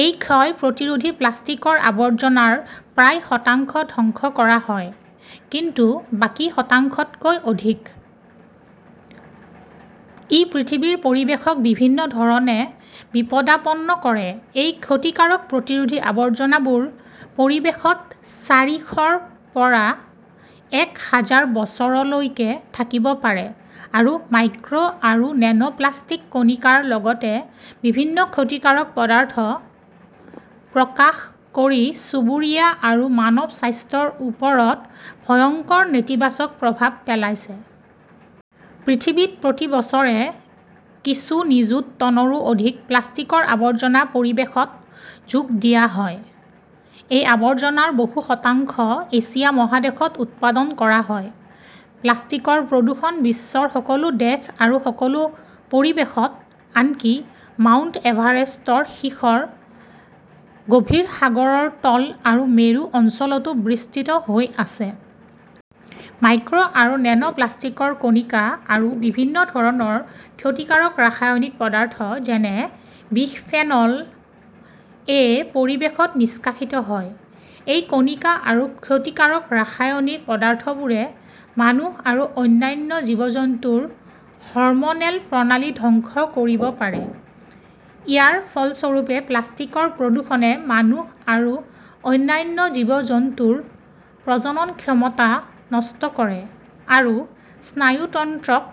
এই ক্ষয় প্ৰতিৰোধী প্লাষ্টিকৰ আৱৰ্জনাৰ প্ৰায় শতাংশ ধ্বংস কৰা হয়, কিন্তু বাকী শতাংশতকৈ অধিক । ই পৃথিৱীৰ পৰিৱেশক বিভিন্ন ধৰণে বিপদাপন্ন কৰে। এই ক্ষতিকাৰক প্ৰতিৰোধী আৱৰ্জনাবোৰ পৰিৱেশত চাৰিশৰ পৰা এক হাজাৰ বছৰলৈকে থাকিব পাৰে আৰু মাইক্ৰ আৰু নেনোপ্লাস্টিক কণিকাৰ লগতে বিভিন্ন ক্ষতিকাৰক পদাৰ্থ প্ৰকাশ কৰি চুবুৰীয়া আৰু মানৱ স্বাস্থ্যৰ ওপৰত ভয়ংকৰ নেতিবাচক প্ৰভাৱ পেলাইছে। পৃথিৱীত প্ৰতি বছৰে কিছু নিযুত টনৰো অধিক প্লাষ্টিকৰ আৱৰ্জনা পৰিৱেশত যোগ দিয়া হয়। এই আৱৰ্জনাৰ বহু শতাংশ এছিয়া মহাদেশত উৎপাদন কৰা হয়। প্লাষ্টিকৰ প্ৰদূষণ বিশ্বৰ সকলো দেশ আৰু সকলো পৰিৱেশত আনকি মাউণ্ট এভাৰেষ্টৰ শিখৰ, গভীৰ সাগৰৰ তল আৰু মেৰু অঞ্চলতো বিস্তৃত হৈ আছে। মাইক্ৰ আৰু নেনো প্লাষ্টিকৰ কণিকা আৰু বিভিন্ন ধৰণৰ ক্ষতিকাৰক ৰাসায়নিক পদাৰ্থ যেনে বিসফেনল-এ পৰিৱেশত নিষ্কাশিত হয়। এই কণিকা আৰু ক্ষতিকাৰক ৰাসায়নিক পদাৰ্থবোৰে মানুহ আৰু অন্যান্য জীৱ-জন্তুৰ হৰম'নেল প্ৰণালী ধ্বংস কৰিব পাৰে। ইয়াৰ ফলস্বৰূপে প্লাষ্টিকৰ প্ৰদূষণে মানুহ আৰু অন্যান্য জীৱ-জন্তুৰ প্ৰজনন ক্ষমতা নষ্ট কৰে আৰু স্নায়ুতন্ত্ৰক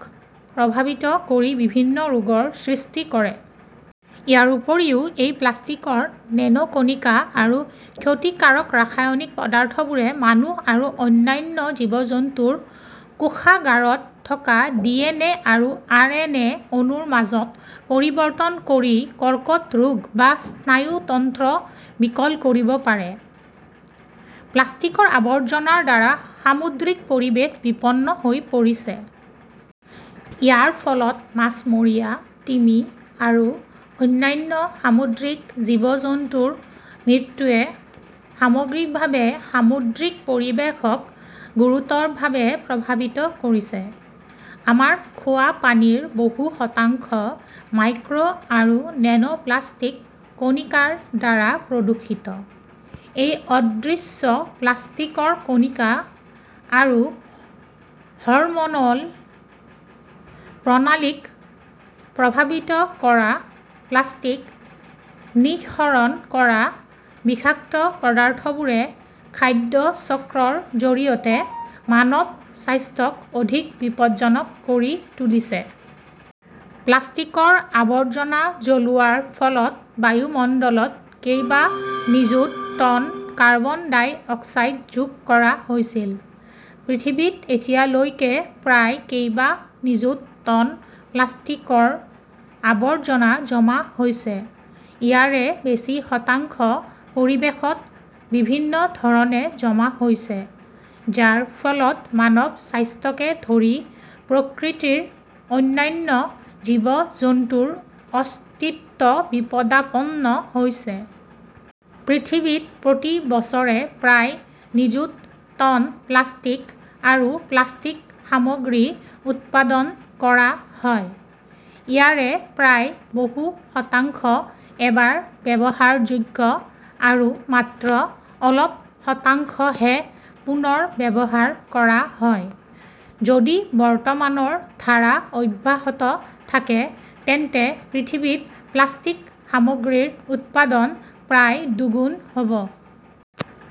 প্ৰভাৱিত কৰি বিভিন্ন ৰোগৰ সৃষ্টি কৰে। ইয়াৰ উপৰিও এই প্লাষ্টিকৰ নেনো কণিকা আৰু ক্ষতিকাৰক ৰাসায়নিক পদাৰ্থবোৰে মানুহ আৰু অন্যান্য জীৱ-জন্তুৰ কোষাগাৰত থকা ডিএনএ আৰু আৰএনএ অণুৰ মাজত পৰিৱৰ্তন কৰি কৰ্কট ৰোগ বা স্নায়ুতন্ত্ৰ বিকল কৰিব পাৰে। প্লাষ্টিকৰ আৱৰ্জনাৰ দ্বাৰা সামুদ্ৰিক পৰিৱেশ বিপন্ন হৈ পৰিছে। ইয়াৰ ফলত মাছমৰীয়া, তিমি আৰু অন্যান্য সামুদ্ৰিক জীৱ-জন্তুৰ মৃত্যুৱে সামগ্ৰিকভাৱে সামুদ্ৰিক পৰিৱেশক গুৰুতৰভাৱে প্ৰভাৱিত কৰিছে। আমাৰ খোৱা পানীৰ বহু শতাংশ মাইক্ৰ আৰু নেনোপ্লাষ্টিক কণিকাৰ দ্বাৰা প্ৰদূষিত। এই অদৃশ্য প্লাষ্টিকৰ কণিকা আৰু হৰম'ন'ল প্ৰণালীক প্ৰভাৱিত কৰা প্লাষ্টিক নিঃসৰণ কৰা বিষাক্ত পদাৰ্থবোৰে খাদ্য চক্ৰৰ জৰিয়তে মানৱ স্বাস্থ্যক অধিক বিপদজনক কৰি তুলিছে। প্লাষ্টিকৰ আৱৰ্জনা জ্বলোৱাৰ ফলত বায়ুমণ্ডলত কেইবা নিযুত টন কাৰ্বন ডাই অক্সাইড যোগ কৰা হৈছিল। পৃথিৱীত এতিয়ালৈকে প্ৰায় কেইবা নিযুত টন প্লাষ্টিকৰ আৱৰ্জনা জমা হৈছে। ইয়াৰে বেছি শতাংশ পৰিৱেশত বিভিন্ন ধৰণে জমা হৈছে, যাৰ ফলত মানৱ স্বাস্থ্যকে ধৰি প্ৰকৃতিৰ অন্যান্য জীৱ-জন্তুৰ অস্তিত্ব বিপদাপন্ন হৈছে। পৃথিৱীত প্ৰতি বছৰে প্ৰায় নিযুত টন প্লাষ্টিক আৰু প্লাষ্টিক সামগ্ৰী উৎপাদন কৰা হয়। ইয়াৰে প্ৰায় বহু শতাংশ এবাৰ ব্যৱহাৰযোগ্য আৰু মাত্ৰ অলপ শতাংশহে পুনৰ ব্যৱহাৰ কৰা হয়। যদি বৰ্তমানৰ ধাৰা অব্যাহত থাকে, তেন্তে পৃথিৱীত প্লাষ্টিক সামগ্ৰীৰ উৎপাদন প্ৰায় দুগুণ হ'ব।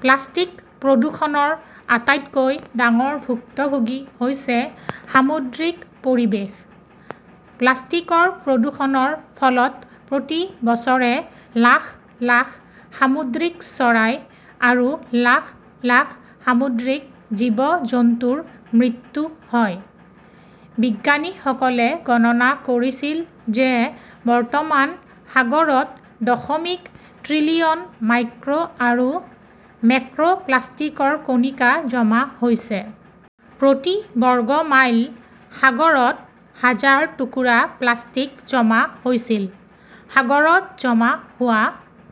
প্লাষ্টিক প্ৰদূষণৰ আটাইতকৈ ডাঙৰ ভুক্তভোগী হৈছে সামুদ্ৰিক পৰিৱেশ। প্লাষ্টিকৰ প্ৰদূষণৰ ফলত প্ৰতি বছৰে লাখ লাখ সামুদ্ৰিক চৰাই আৰু লাখ লাখ সামুদ্ৰিক জীৱ-জন্তুৰ মৃত্যু হয়। বিজ্ঞানীসকলে গণনা কৰিছিল যে বৰ্তমান সাগৰত দশমিক ত্ৰিলিয়ন মাইক্ৰ আৰু মেক্ৰ'প্লাষ্টিকৰ কণিকা জমা হৈছে। প্ৰতি বৰ্গ মাইল সাগৰত হাজাৰ টুকুৰা প্লাষ্টিক জমা হৈছিল। সাগৰত জমা হোৱা